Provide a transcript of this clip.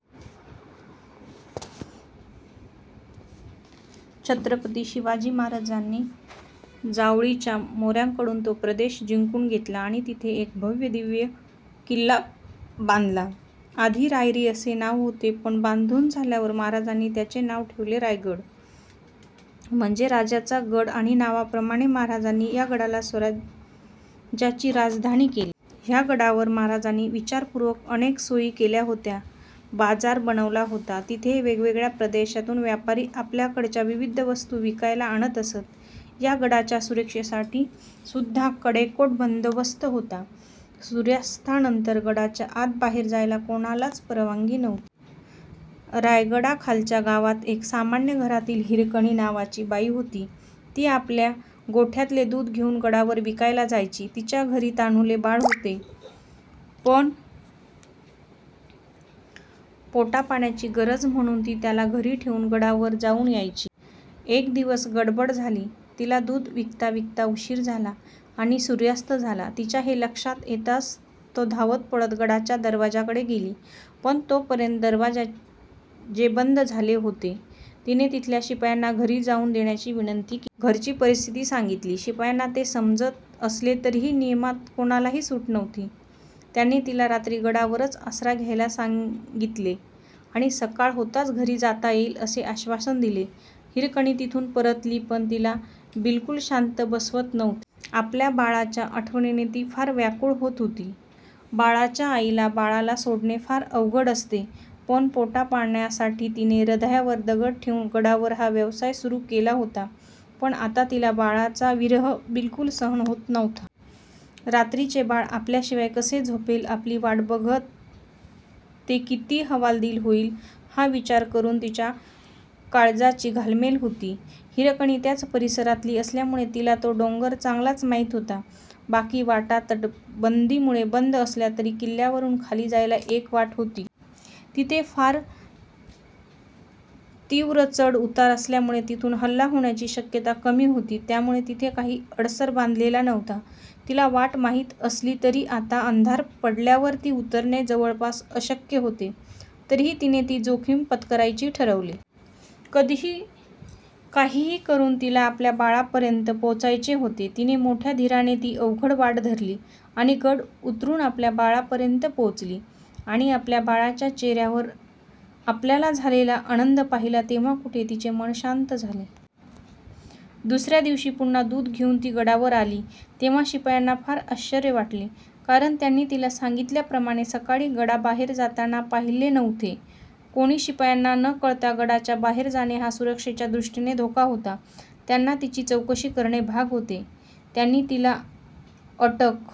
छत्रपती शिवाजी महाराजांनी जावळीच्या मोऱ्यांकडून तो प्रदेश जिंकुन घेतला आणि तिथे एक भव्य दिव्य किल्ला बांधला. आधी रायरी असे नाव होते, पण बांधुन झाल्यावर महाराजांनी त्याचे नाव ठेवले रायगड. म्हणजे राजाचा गड आणि नावाप्रमाणेच महाराजांनी या गडाला स्वराज्याची राजधानी केले. ह्या गडावर महाराजांनी विचारपुर्वक अनेक सोयी केल्या होत्या. बाजार बनवला होता. तिथे वेगवेगळ्या प्रदेशातून व्यापारी आपल्याकडच्या विविध वस्तु विकायला आणत असत. या गडाच्या सुरक्षेसाठी सुद्धा कडेकोट बंदोबस्त होता. सूर्यास्तानंतर गडाच्या आत बाहेर जायला कोणालाच परवानगी नव्हती. रायगडाखालच्या गावात एक सामान्य घरातली हिरकणी नावाची बाई होती. ती आपल्या गोठ्यातले दुध घेऊन गडावर विकायला जायची. तिच्या घरी तान्हुले बाळ होते, पण पोटापाण्याची गरज म्हणुन ती त्याला घरी ठेवुन गडावर जाऊन यायची. एक दिवस गडबड झाली. तिला दुध विकता विकता उशीर झाला आणि सूर्यास्त झाला. तिच्या हे लक्षात येताच तो धावत पळत गडाच्या दरवाजाकडे गेली. पण तोपर्यंत दरवाजे बंद झाले होते. तिने तिथल्या शिपायांना घरी जाऊन देण्याची विनंती केली. घरची परिस्थिती सांगितली. शिपायांना ते समजत असले तरीही नियमात कोणालाही सुट नव्हती. त्यांनी तिला रात्री गडावरच आसरा घ्यायला सांगितले आणि सकाळ होताच घरी जाता येईल असे आश्वासन दिले. हिरकणी तिथुन परतली पण तिला बिलकुल शांत बसवत नव्हते. आपल्या बाळाच्या आठवणीने ती फार व्याकुळ होत होती. बाळाच्या आईला बाळाला सोडणे फार अवघड असते पण पोटापाण्यासाठी तिने हृदयावर दगड ठेवुन गडावर हा व्यवसाय सुरु केला होता. पण आता तिला बाळाचा विरह बिलकुल सहन होत नव्हता. रात्रीचे बाळ आपल्याशिवाय कसे झोपेल, आपली वाट बघत ते किती हवालदिल होईल हा विचार करून तिच्या काळजाची घालमेल होत होती. हिरकणी त्याच परिसरातली असल्यामुळे तिला तो डोंगर चांगलाच माहित होता. बाकी वाटा तटबंदीमुळे बंद असल्या तरी किल्ल्यावरून खाली जायला एक वाट होती. तिथे फार तीव्र चढ उतार असल्यामुळे तिथुन हल्ला होण्याची शक्यता कमी होती त्यामुळे तिथे काही अडसर बांधलेला नव्हता. तिला वाट माहित असली तरी आता अंधार पडल्यावर ती उतरणे जवळपास अशक्य होते. तरीही तिने ती जोखीम पत्करायची ठरवले. काहीही करून तिला आपल्या बाळापर्यंत पोहचायचे होते. तिने मोठ्या धीराने ती अवघड वाट धरली आणि गड उतरून आपल्या बाळापर्यंत पोहोचली आणि आपल्या बाळाच्या चेहऱ्यावर आपल्याला झालेला आनंद पाहिला तेव्हा कुठे तिचे मन शांत झाले. दुसऱ्या दिवशी पुन्हा दूध घेऊन ती गडावर आली तेव्हा शिपायांना फार आश्चर्य वाटले. कारण त्यांनी तिला सांगितल्याप्रमाणे सकाळी गडाबाहेर जाताना पाहिले नव्हते. कोणी शिपायांना न कळता गडाच्या बाहेर जाणे हा सुरक्षेच्या दृष्टीने धोका होता. त्यांना तिची चौकशी करणे भाग होते. त्यांनी तिला अटक